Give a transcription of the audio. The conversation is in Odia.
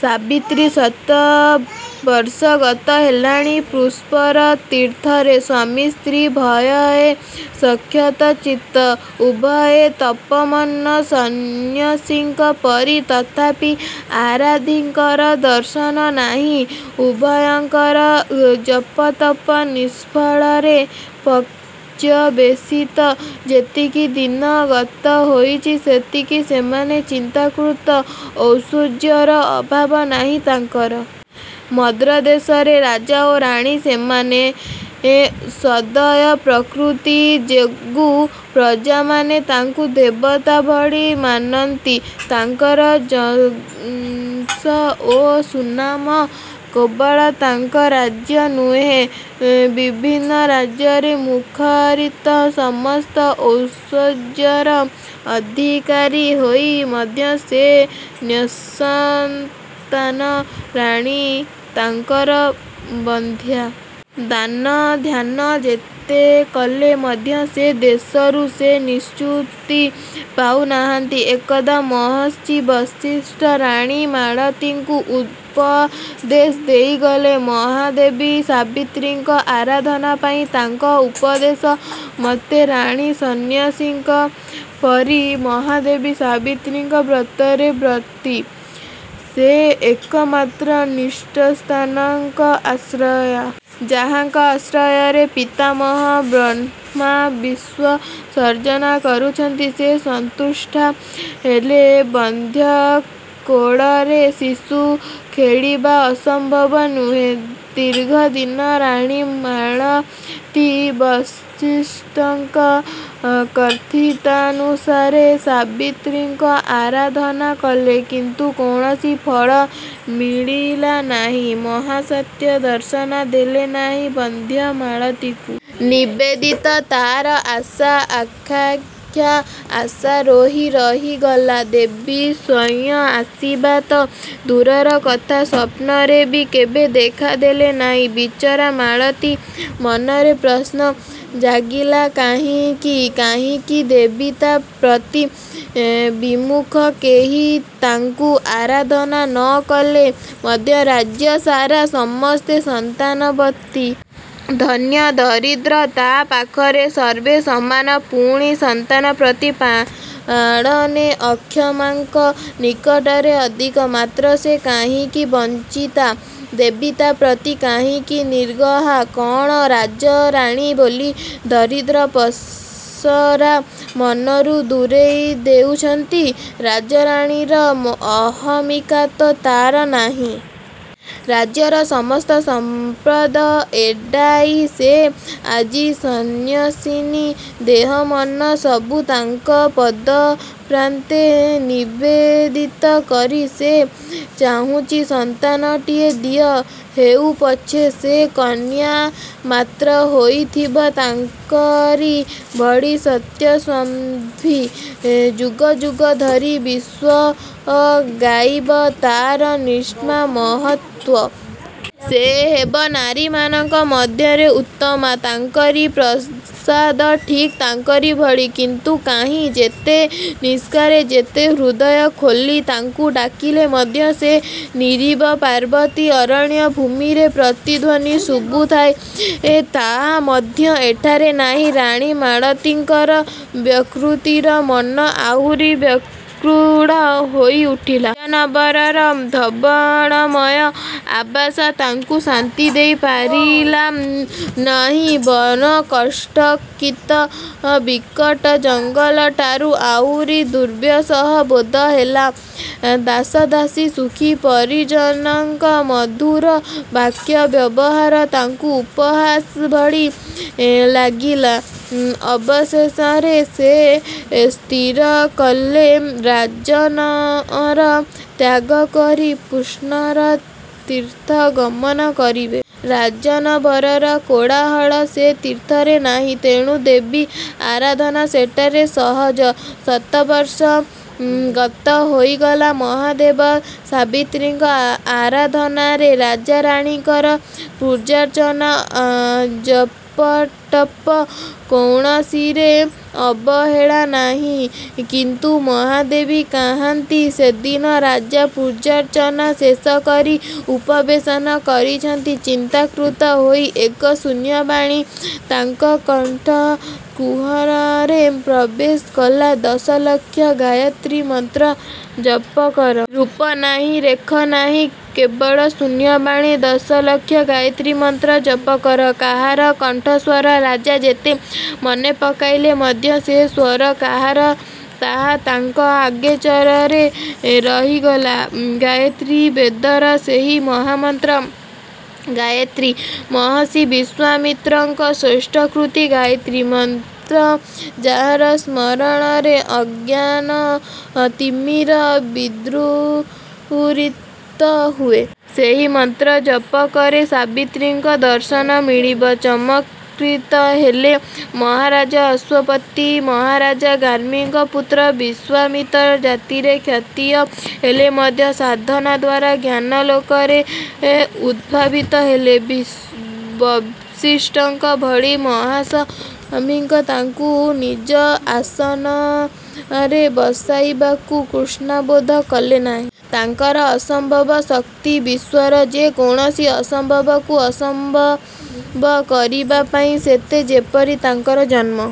ସାବିତ୍ରୀ ଶତ ବର୍ଷ ଗତ ହେଲାଣି ପୁଷ୍କର ତୀର୍ଥରେ। ସ୍ୱାମୀ ସ୍ତ୍ରୀ ଉଭୟେ ସଂଯତ ଚିତ୍ତ। ଉଭୟେ ତପମଗ୍ନ ସନ୍ନ୍ୟାସୀଙ୍କ ପରି। ତଥାପି ଆରାଧ୍ୟଙ୍କର ଦର୍ଶନ ନାହିଁ। ଉଭୟଙ୍କର ଜପତପ ନିଷ୍ଫଳରେ ପର୍ଯ୍ୟବେଶିତ। ଯେତିକି ଦିନ ଗତ ହେଉଛି ସେତିକି ସେମାନେ ଚିନ୍ତାକୁଳ। ଐଶ୍ୱର୍ଯ୍ୟର ଅଭାବ ନାହିଁ ତାଙ୍କର। ମଦ୍ରଦେଶରେ ରାଜା ଓ ରାଣୀ ସେମାନେ। ସଦୟ ପ୍ରକୃତି ଯୋଗୁ ପ୍ରଜାମାନେ ତାଙ୍କୁ ଦେବତାଭଳି ମାନନ୍ତି। ତାଙ୍କର ଯଶ ଓ ସୁନାମ କେବଳ ତାଙ୍କ ରାଜ୍ୟ ନୁହେ ବିଭିନ୍ନ ରାଜ୍ୟରେ ମୁଖରିତ। ସମସ୍ତ ଐଶ୍ୱର୍ଯ୍ୟର ଅଧିକାରି ହୋଇ ମଧ୍ୟ ସେ ନିଃସନ୍ତାନ। ରାଣୀ ତାଙ୍କର ବନ୍ଧ୍ୟା। ଦାନ ଧ୍ୟାନ ଯେତେକଲେ ମଧ୍ୟ ସେ ଦୋଷରୁ ସେ ନିଷ୍କୃତି ପାଉ ନାହାନ୍ତି। ଏକଦା ମହର୍ଷି ବଶିଷ୍ଠ ରାଣୀ ମାଳତୀଙ୍କୁ ଉପଦେଶ ଦେଇଗଲେ, ମହାଦେବୀ ସାବିତ୍ରୀଙ୍କ ଆରାଧନା ପାଇଁ। ତାଙ୍କ ଉପଦେଶ ମତେ ରାଣୀ ସନ୍ୟାସିନୀଙ୍କ ପରି ମହାଦେବୀ ସାବିତ୍ରୀଙ୍କ ବ୍ରତରେ ବ୍ରତୀ। ସେ ଏକମାତ୍ର ନିଃସନ୍ତାନଙ୍କ ଆଶ୍ରୟା। ଯାହାଙ୍କ ଆଶ୍ରୟରେ ପିତାମହ ବ୍ରହ୍ମା ବିଶ୍ୱ ସର୍ଜନା କରୁଛନ୍ତି ସେ ସନ୍ତୁଷ୍ଟା ହେଲେ ବନ୍ଧ୍ୟା କୋଳରେ ଶିଶୁ ଖେଳିବା ଅସମ୍ଭବ ନୁହେଁ। ଦୀର୍ଘଦିନ ରାଣୀ ମାଳତୀ ବଶିଷ୍ଠଙ୍କ କଥିତାନୁସାରେ ସାବିତ୍ରୀଙ୍କ ଆରାଧନା କଲେ। କିନ୍ତୁ କୌଣସି ଫଳ ମିଳିଲା ନାହିଁ। ମହାସତୀ ଦର୍ଶନ ଦେଲେ ନାହିଁ ବନ୍ଧ୍ୟା ମାଳତୀକୁ। ନିବେଦିତ ତାର ଆଶା ଆକାଂକ୍ଷା ଆଶାରେହିଁ ରହିଗଲା। ଦେବୀ ସ୍ୱୟଂ ଆସିବା ତ ଦୂରର କଥା, ସ୍ୱପ୍ନରେ ବି କେବେ ଦେଖା ଦେଲେ ନାହିଁ। ବିଚରା ମାଳତୀ ମନରେ ପ୍ରଶ୍ନ ଜାଗିଲା କାହିଁକି? କାହିଁକି ଦେବୀ ତା'ପ୍ରତି ବିମୁଖ। କେହି ତାଙ୍କୁ ଆରାଧନା ନ କଲେ ମଧ୍ୟ ରାଜ୍ୟସାରା ସମସ୍ତେ ସନ୍ତାନବତୀ। ଧନୀ ଦରିଦ୍ର ତା ପାଖରେ ସର୍ବେ ସମାନ। ପୁଣି ସନ୍ତାନ ପ୍ରତିପାଳନେ ଅକ୍ଷମାଙ୍କ ନିକଟରେ ଅଧିକ। ମାତ୍ର ସେ କାହିଁକି ବଞ୍ଚିତା। ଦେବୀ ତା ପ୍ରତି କାହିଁକି ନିଗ୍ରହା। କଣ ରାଜରାଣୀ ବୋଲି 'ଦରିଦ୍ର ପସରା' ମନରୁ ଦୂରେଇ ଦେଉଛନ୍ତି? ରାଜରାଣୀର ଅହମିକା ତ ତାର ନାହିଁ। ରାଜ୍ୟର ସମସ୍ତ ସମ୍ପଦ ଏଡ଼ାଇ ସେ ଆଜି ସନ୍ନ୍ୟାସିନୀ। ଦେହମନ ସବୁ ତାଙ୍କ ପଦପ୍ରାନ୍ତେ ନିବେଦିତ କରି ସେ ଚାହୁଁଛି ସନ୍ତାନଟିଏ ଦିଅ–ହେଉ ପଛେ ସେ କନ୍ୟା, ମାତ୍ର ହୋଇଥିବ ତାଙ୍କରି ଭଳି ସତୀ ସାଧ୍ୱୀ। ଯୁଗ ଯୁଗ ଧରି ବିଶ୍ୱ ଗାଇବ ତାର ନିଷ୍ଠା, ମହତ୍ୱ। ସେ ହେବ ନାରୀମାନଙ୍କ ମଧ୍ୟରେ ଉତ୍ତମା। ତାଙ୍କରି ପ୍ରସାଦ ଠିକ୍ ତାଙ୍କରି ଭଳି। କିନ୍ତୁ କାହିଁ? ଯେତେ ନିଷ୍ଠାରେ ଯେତେ ହୃଦୟ ଖୋଲି ତାଙ୍କୁ ଡାକିଲେ ମଧ୍ୟ ସେ ନୀରବ। ପାର୍ବତ୍ୟ ଅରଣ୍ୟ ଭୂମିରେ ପ୍ରତିଧ୍ୱନୀ ଶୁଭୁଥାଏ ତାହା ମଧ୍ୟ ଏଠାରେ ନାହିଁ। ରାଣୀ ମାଳତୀଙ୍କର ବ୍ୟାକୁଳିତ ମନ ଆହୁରି ବ୍ୟାକୁଳ ହୋଇଉଠିଲା। ରାଜନବରର ଧବଳମୟ ଆବାସ ତାଙ୍କୁ ଶାନ୍ତି ଦେଇପାରିଲା ନାହିଁ ବରଂ କଣ୍ଟକିତ ବିକଟ ଜଙ୍ଗଲଠାରୁ ଆହୁରି ଦୁର୍ବିସହ ବୋଧ ହେଲା। ଦାସଦାସୀ ସଖୀ ପରିଜନଙ୍କ ମଧୁର ବାକ୍ୟ ବ୍ୟବହାର ତାଙ୍କୁ ଉପହାସ ଭଳି ଲାଗିଲା। ଅବଶେଷରେ ସେ ସ୍ଥିର କଲେ ରାଜନଅର ତ୍ୟାଗକରି ପୁଷ୍କରତୀର୍ଥ ଗମନ କରିବେ।। ରାଜନବରର କୋଳାହଳ ସେ ତୀର୍ଥରେ ନାହିଁ। ତେଣୁ ଦେବୀ ଆରାଧନା ସେଠାରେ ସହଜ। ଶତବର୍ଷ ଗତ ହୋଇଗଲା ମହାଦେବ ସାବିତ୍ରୀଙ୍କ ଆରାଧନାରେ। ରାଜା ରାଣୀଙ୍କର ପୂଜାର୍ଚ୍ଚନା ଜପତପ କୌଣସିରେ ଅବହେଳା ନାହିଁ। କିନ୍ତୁ ମହାଦେବୀ କାହାନ୍ତି? ସେଦିନ ରାଜା ପୂଜାର୍ଚ୍ଚନା ଶେଷକରି ଉପବେସନ କରିଛନ୍ତି ଚିନ୍ତାକୁଳ ହୋଇ, ଏକ ଶୂନ୍ୟବାଣୀ ତାଙ୍କ କର୍ଣ୍ଣ କୁହରରେ ପ୍ରବେଶ କଲା 'ଦଶଲକ୍ଷ ଗାୟତ୍ରୀ ମନ୍ତ୍ର ଜପକର'। ରୂପ ନାହିଁ, ରେଖ ନାହିଁ, କେବଳ ଶୂନ୍ୟବାଣୀ ଦଶଲକ୍ଷ ଗାୟତ୍ରୀ ମନ୍ତ୍ର ଜପକର। କାହାର କଣ୍ଠସ୍ୱର–ରାଜା ଯେତେ ମନେପକାଇଲେ ମଧ୍ୟ ସେ ସ୍ୱର କାହାର ତାହା ତାଙ୍କ ଅଗୋଚରରେ ରହିଗଲା। ଗାୟତ୍ରୀ! ବେଦର ସେହି ମହାମନ୍ତ୍ର ଗାୟତ୍ରୀ। ମହର୍ଷି ବିଶ୍ୱାମିତ୍ରଙ୍କ ଶ୍ରେଷ୍ଠକୃତି ଗାୟତ୍ରୀ ମନ୍ତ୍ର। ଯାହାର ସ୍ମରଣରେ ଅଜ୍ଞାନ ତିମିର ବିଦୂରିତ ହୁଏ। ସେହି ମନ୍ତ୍ର ଜପକଲେ ସାବିତ୍ରୀଙ୍କର ଦର୍ଶନ ମିଳିବ। ଚମତ୍କୃତ ହେଲେ ମହାରାଜା ଅଶ୍ୱପତି। ମହାରାଜା ଗାଧିଙ୍କ ପୁତ୍ର ବିଶ୍ୱାମିତ୍ର। ଜାତିରେ କ୍ଷତ୍ରିୟ ହେଲେ ମଧ୍ୟ ସାଧନାଦ୍ୱାରା ଜ୍ଞାନାଲୋକରେ ଉଦ୍ଭାଷିତ ହେଲେ। ବଶିଷ୍ଠଙ୍କ ଭଳି ମହାନ୍ ବ୍ରହ୍ମର୍ଷି ତାଙ୍କୁ ନିଜ ଆସନରେ ବସାଇବାକୁ କୁଣ୍ଠାବୋଧ କଲେ ନାହିଁ। ତାଙ୍କର ଅସମ୍ଭବ ଶକ୍ତି। ବିଶ୍ୱର ଯେ କୌଣସି ଅସମ୍ଭବକୁ ସମ୍ଭବ କରିବା ପାଇଁ ସତେ ଯେପରି ତାଙ୍କର ଜନ୍ମ।